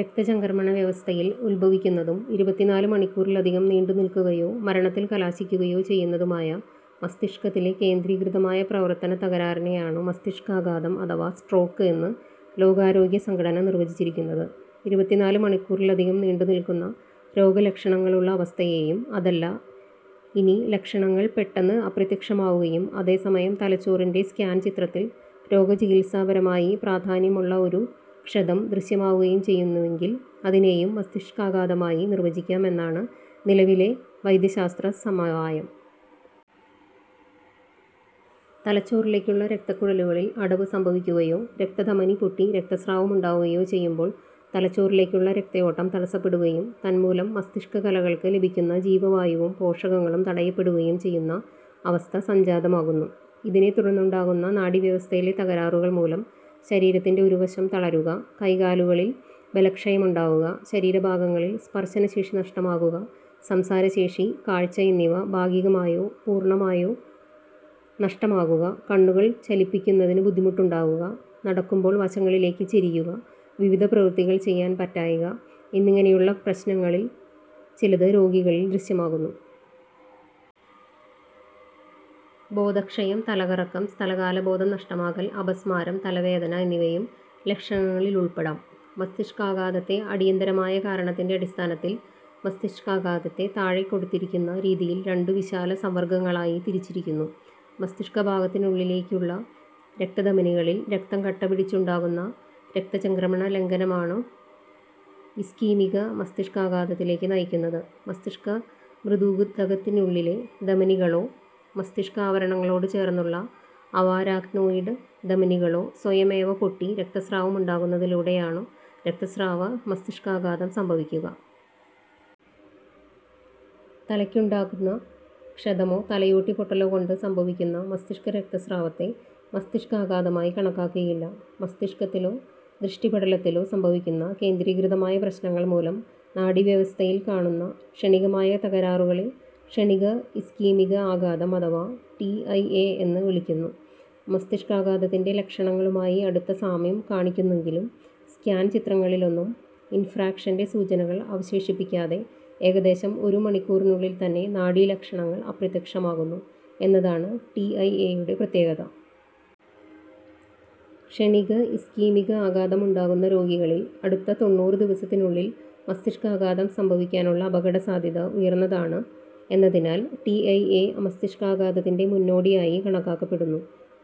രക്തചംക്രമണവ്യവസ്ഥയിൽ ഉത്ഭവിക്കുന്നതും, ഇരുപത്തിനാല് മണിക്കൂറിലധികം നീണ്ടുനിൽക്കുകയോ മരണത്തിൽ കലാശിക്കുകയോ ചെയ്യുന്നതുമായ മസ്തിഷ്കത്തിലെ കേന്ദ്രീകൃതമായ പ്രവർത്തനത്തകരാറിനെയാണു മസ്തിഷ്കാഘാതം അഥവാ സ്ട്രോക്ക് എന്ന് ലോകാരോഗ്യ സംഘടന നിർവചിച്ചിരിക്കുന്നത്. ഇരുപത്തിനാല് മണിക്കൂറിലധികം നീണ്ടുനിൽക്കുന്ന രോഗലക്ഷണങ്ങളുള്ള അവസ്ഥയേയും, അതല്ല ഇനി ലക്ഷണങ്ങൾ പെട്ടെന്ന് അപ്രത്യക്ഷമാകുകയും അതേസമയം തലച്ചോറിന്റെ സ്കാൻ ചിത്രത്തിൽ രോഗചികിത്സാപരമായി പ്രാധാന്യമുള്ള ഒരു ക്ഷതം ദൃശ്യമാകുകയും ചെയ്യുന്നുവെങ്കിൽ അതിനെയും മസ്തിക്ഷാകാഘാതമായി നിർവചിക്കാം എന്നാണു നിലവിലെ വൈദ്യശാസ്ത്ര സമവായം. തലച്ചോറിലേക്കുള്ള രക്തക്കുഴലുകളിൽ അടവ് സംഭവിക്കുകയോ രക്തധമനി പൊട്ടി രക്തസ്രാവമുണ്ടാകുകയോ ചെയ്യുമ്പോൾ തലച്ചോറിലേക്കുള്ള രക്തയോട്ടം തടസ്സപ്പെടുകയും തന്മൂലം മസ്തിഷ്കകലകൾക്ക് ലഭിക്കുന്ന ജീവവായുവും പോഷകങ്ങളും തടയപ്പെടുകയും ചെയ്യുന്ന അവസ്ഥ സംജാതമാകുന്നു. ഇതിനെത്തുടർന്നുണ്ടാകുന്ന നാഡീവ്യവസ്ഥയിലെ തകരാറുകൾമൂലം ശരീരത്തിന്റെ ഒരു വശം തളരുക, കൈകാലുകളിൽ ബലക്ഷയമുണ്ടാകുക, ശരീരഭാഗങ്ങളിൽ സ്പർശനശേഷി നഷ്ടമാകുക, സംസാരശേഷി, കാഴ്ച എന്നിവ ഭാഗികമായോ പൂർണമായോ നഷ്ടമാകുക, കണ്ണുകൾ ചലിപ്പിക്കുന്നതിനു ബുദ്ധിമുട്ടുണ്ടാകുക, നടക്കുമ്പോൾ വശങ്ങളിലേക്ക് ചരിയുക, വിവിധപ്രവർത്തികൾ ചെയ്യാൻ പറ്റായ്ക, എന്നിങ്ങനെയുള്ള പ്രശ്നങ്ങളിൽ ചിലത് രോഗിയിൽ ദൃശ്യമാകുന്നു. ബോധക്ഷയം, തലകറക്കം, സ്ഥലകാലബോധം നഷ്ടമാകൽ, അപസ്മാരം, തലവേദന എന്നിവയും ലക്ഷണങ്ങളിലുൾപ്പെടാം. മസ്തിഷ്കാഘാതത്തെ അടിയന്തരമായ കാരണത്തിന്റെ അടിസ്ഥാനത്തിൽ മസ്തിഷ്കാഘാതത്തെ താഴെക്കൊടുത്തിരിക്കുന്ന രീതിയിൽ രണ്ടു വിശാല സംവർഗങ്ങളാക്കി തിരിച്ചിരിക്കുന്നു: മസ്തിഷ്കഭാഗങ്ങളിലേക്കുള്ള രക്തധമനികളിൽ രക്തം കട്ടപിടിച്ചുണ്ടാകുന്ന രക്തചംക്രമണലംഘനമാണു ഇസ്കീമിക മസ്തിഷ്കാഘാതത്തിലേക്ക് നയിക്കുന്നത്. മസ്തിഷ്ക മൃദൂതകത്തിനുള്ളിലെ ധമനികളോ മസ്തിഷ്കാവരണങ്ങളോട് ചേർന്നുള്ള അവാരാക്നോയിഡ് ധമനികളോ സ്വയമേവ പൊട്ടി രക്തസ്രാവമുണ്ടാകുന്നാതിലൂടെയാണു രക്തസ്രാവ മസ്തിഷ്കാഘാതം സംഭവിക്കുക. തലയ്ക്കുണ്ടാകുന്ന ക്ഷതമോ തലയോട്ടി പൊട്ടലോ കൊണ്ട് സംഭവിക്കുന്ന മസ്തിഷ്കരക്തസ്രാവത്തെ മസ്തിഷ്കാഘാതമായി കണക്കാക്കുകയില്ല. മസ്തിഷ്കത്തിലോ ദൃഷ്ടിപടലത്തിലോ സംഭവിക്കുന്ന കേന്ദ്രീകൃതമായ പ്രശ്നങ്ങൾ മൂലം നാഡീവ്യവസ്ഥയിൽ കാണുന്ന ക്ഷണികമായ തകരാറുകളെ ക്ഷണിക ഇസ്കീമിക ആഘാതം അഥവാ "ടിഐഏ" എന്ന് വിളിക്കുന്നു. മസ്തിഷ്കാഘാതത്തിന്റെ ലക്ഷണങ്ങളുമായി അടുത്ത സാമ്യം കാണിക്കുന്നുവെങ്കിലും സ്കാൻ ചിത്രങ്ങളിലൊന്നും ഇൻഫ്രാക്ഷന്റെ സൂചനകൾ അവശേഷിപ്പിക്കാതെ ഏകദേശം ഒരു മണിക്കൂറിനുള്ളിൽ തന്നെ നാഡീലക്ഷണങ്ങൾ അപ്രത്യക്ഷമാകുന്നു എന്നതാണു ടിഐഏയുടെ പ്രത്യേകത. ക്ഷണിക ഇസ്കീമിക ആഘാതം ഉണ്ടാകുന്ന രോഗികളിൽ അടുത്ത തൊണ്ണൂറ് ദിവസങ്ങൾക്കുള്ളിൽ മസ്തിഷ്കാഘാതം സംഭവിക്കാനുള്ള അപകടസാധ്യത ഉയർന്നതാണു എന്നതിനാൽ ടിഐഏ മസ്തിഷ്കാഘാതത്തിന്റെ മുന്നോടിയായി കണക്കാക്കപ്പെടുന്നു.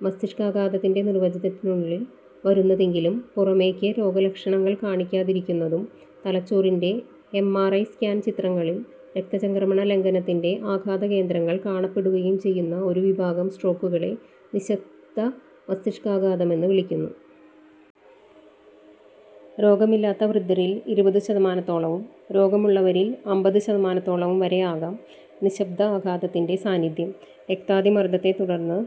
മസ്തിഷ്കാഘാതത്തിന്റെ നിർവചനത്തിനുള്ളിൽ വരുന്നതെങ്കിലും പുറമേയ്ക്ക് രോഗലക്ഷണങ്ങൾ കാണിക്കാതിരിക്കുന്നതും തലച്ചോറിന്റെ എംആർഐ സ്കാൻ ചിത്രങ്ങളിൽ രക്തചംക്രമണലംഘനത്തിന്റെ ആഘാതകേന്ദ്രങ്ങൾ കാണപ്പെടുകയും ചെയ്യുന്ന ഒരു വിഭാഗം സ്ട്രോക്കുകളെ "നിശ്ശബ്ദ മസ്തിഷ്കാഘാത"മെന്ന് വിളിക്കുന്നു. രോഗമില്ലാത്ത വൃദ്ധരിൽ ഇരുപതുശതമാനത്തോളവും രോഗമുള്ളവരിൽ അമ്പത്ശതമാനത്തോളവും വരെ ആകാം നിശ്ശബ്ദാഘാതത്തിന്റെ സാന്നിധ്യം. രക്താതിമർദ്ദത്തെത്തുടർന്ന്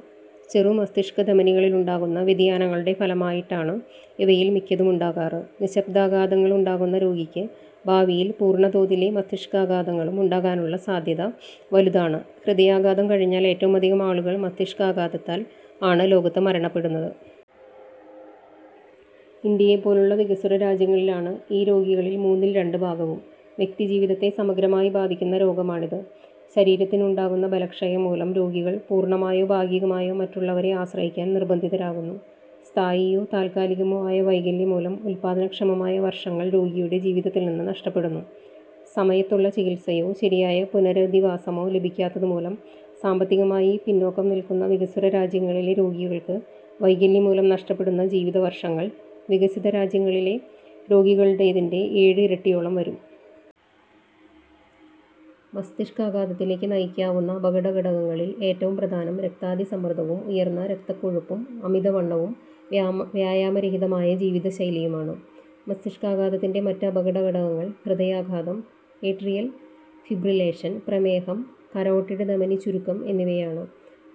ചെറു മസ്തിഷ്കധമനികളിലുണ്ടാകുന്ന വ്യതിയാനങ്ങളുടെ ഫലമായിട്ടാണു ഇവയിൽ മിക്കതുമുണ്ടാകാറ്. നിശ്ശബ്ദാഘാതങ്ങളുണ്ടാകുന്ന രോഗിയ്ക്ക് ഭാവിയിൽ പൂർണതോതിലെ മസ്തിഷ്കാഘാതങ്ങളും ഉണ്ടാകാനുള്ള സാധ്യത ഇരട്ടിയോളമാണു എന്നതിനാൽ ഇതിന്റെ വൈദ്യശാസ്ത്രപ്രാധാന്യം വലുതാണ്. ഹൃദയാഘാതം കഴിഞ്ഞാൽ ഏറ്റവുമധികം ആളുകൾ മസ്തിഷ്കാഘാതത്താൽ ആണ് ലോകത്ത് മരണപ്പെടുന്നത്. ഇന്ത്യയെപ്പോലുള്ള വികസ്വര രാജ്യങ്ങളിലാണു ഈ രോഗികളിൽ മൂന്നിൽ രണ്ട് ഭാഗവും. വ്യക്തിജീവിതത്തെ സമഗ്രമായി ബാധിക്കുന്ന രോഗമാണിത്. ശരീരത്തിനുണ്ടാകുന്ന ബലക്ഷയം മൂലം രോഗികൾ പൂർണമായോ ഭാഗികമായോ മറ്റുള്ളവരെ ആശ്രയിക്കാൻ നിർബന്ധിതരാകുന്നു. സ്ഥായിയോ താൽക്കാലികമോ ആയ വൈകല്യം മൂലം ഉല്പാദനക്ഷമമായ വർഷങ്ങൾ രോഗിയുടെ ജീവിതത്തിൽ നിന്ന് നഷ്ടപ്പെടുന്നു. സമയത്തുള്ള ചികിത്സയോ ശരിയായ പുനരധിവാസമോ ലഭിക്കാത്തതുമൂലം സാമ്പത്തികമായി പിന്നാക്കം നിൽക്കുന്ന വികസ്വരരാജ്യങ്ങളിലെ രോഗികൾക്ക് വൈകല്യംമൂലം നഷ്ടപ്പെടുന്ന ജീവിതവർഷങ്ങൾ വികസിതരാജ്യങ്ങളിലെ രോഗികളുടേതിന്റെ ഏഴ് ഇരട്ടിയോളം വരും. മസ്തിഷ്കാഘാതത്തിലേക്ക് നയിക്കാവുന്ന അപകടഘടകങ്ങളിൽ ഏറ്റവും പ്രധാനം രക്താതിസമ്മർദ്ദവും ഉയർന്ന രക്തക്കൊഴുപ്പും അമിതവണ്ണവും വ്യായാമരഹിതമായ ജീവിതശൈലിയും ആണ്. മസ്തിഷ്കാഘാതത്തിന്റെ മറ്റ് അപകടഘടകങ്ങൾ ഹൃദയാഘാതം, ഏട്രിയൽ ഫിബ്രിലേഷൻ, പ്രമേഹം, കരോട്ടിഡ് ധമനിച്ചുരുക്കം എന്നിവയാണ്.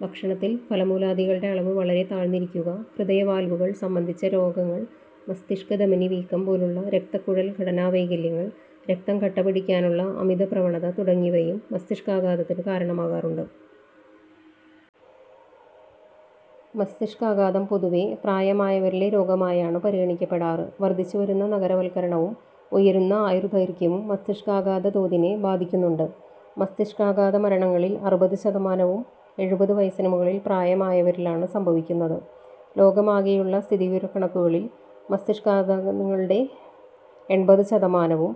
ഭക്ഷണത്തിൽ ഫലമൂലാദികളുടെ അളവ് വളരെ താഴ്ന്നിരിക്കുക, ഹൃദയവാൽവുകൾ സംബന്ധിച്ച രോഗങ്ങൾ, മസ്തിഷ്കധമനിവീക്കം പോലുള്ള രക്തക്കുഴൽ ഘടനാവൈകല്യങ്ങൾ, രക്തം കട്ടപിടിക്കാനുള്ള അമിതപ്രവണത തുടങ്ങിയവയും മസ്തിഷ്കാഘാതത്തിനു കാരണമാകാറുണ്ട്. മസ്തിഷ്കാഘാതം പൊതുവേ പ്രായമായവരിലെ രോഗമായാണു പരിഗണിക്കപ്പെടാറ്. വർദ്ധിച്ചുവരുന്ന നഗരവത്കരണവും ഉയരുന്ന ആയുർദൈർഘ്യവും മസ്തിഷ്കാഘാത തോതിനെ ബാധിക്കുന്നുണ്ട്. മസ്തിഷ്കാഘാതമരണങ്ങളിൽ അറുപത് ശതമാനവും എഴുപത് വയസിനുമേൽ പ്രായമുള്ളവരിലാണു സംഭവിക്കുന്നത്. ലോകമാകെയുള്ള സ്ഥിതിവിവരക്കണക്കുകളിൽ മസ്തിഷ്കാഘാതങ്ങളുടെ എൺപത് ശതമാനവും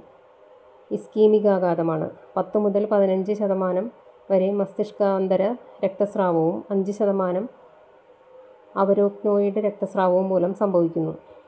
ഇസ്കീമികാഘാതമാണ്. പത്ത് മുതൽ പതിനഞ്ച് ശതമാനം വരെ മസ്തിഷ്കാന്തര രക്തസ്രാവവും അഞ്ച് ശതമാനം അവാരാക്നോയിഡ് രക്തസ്രാവവും മൂലം സംഭവിക്കുന്നു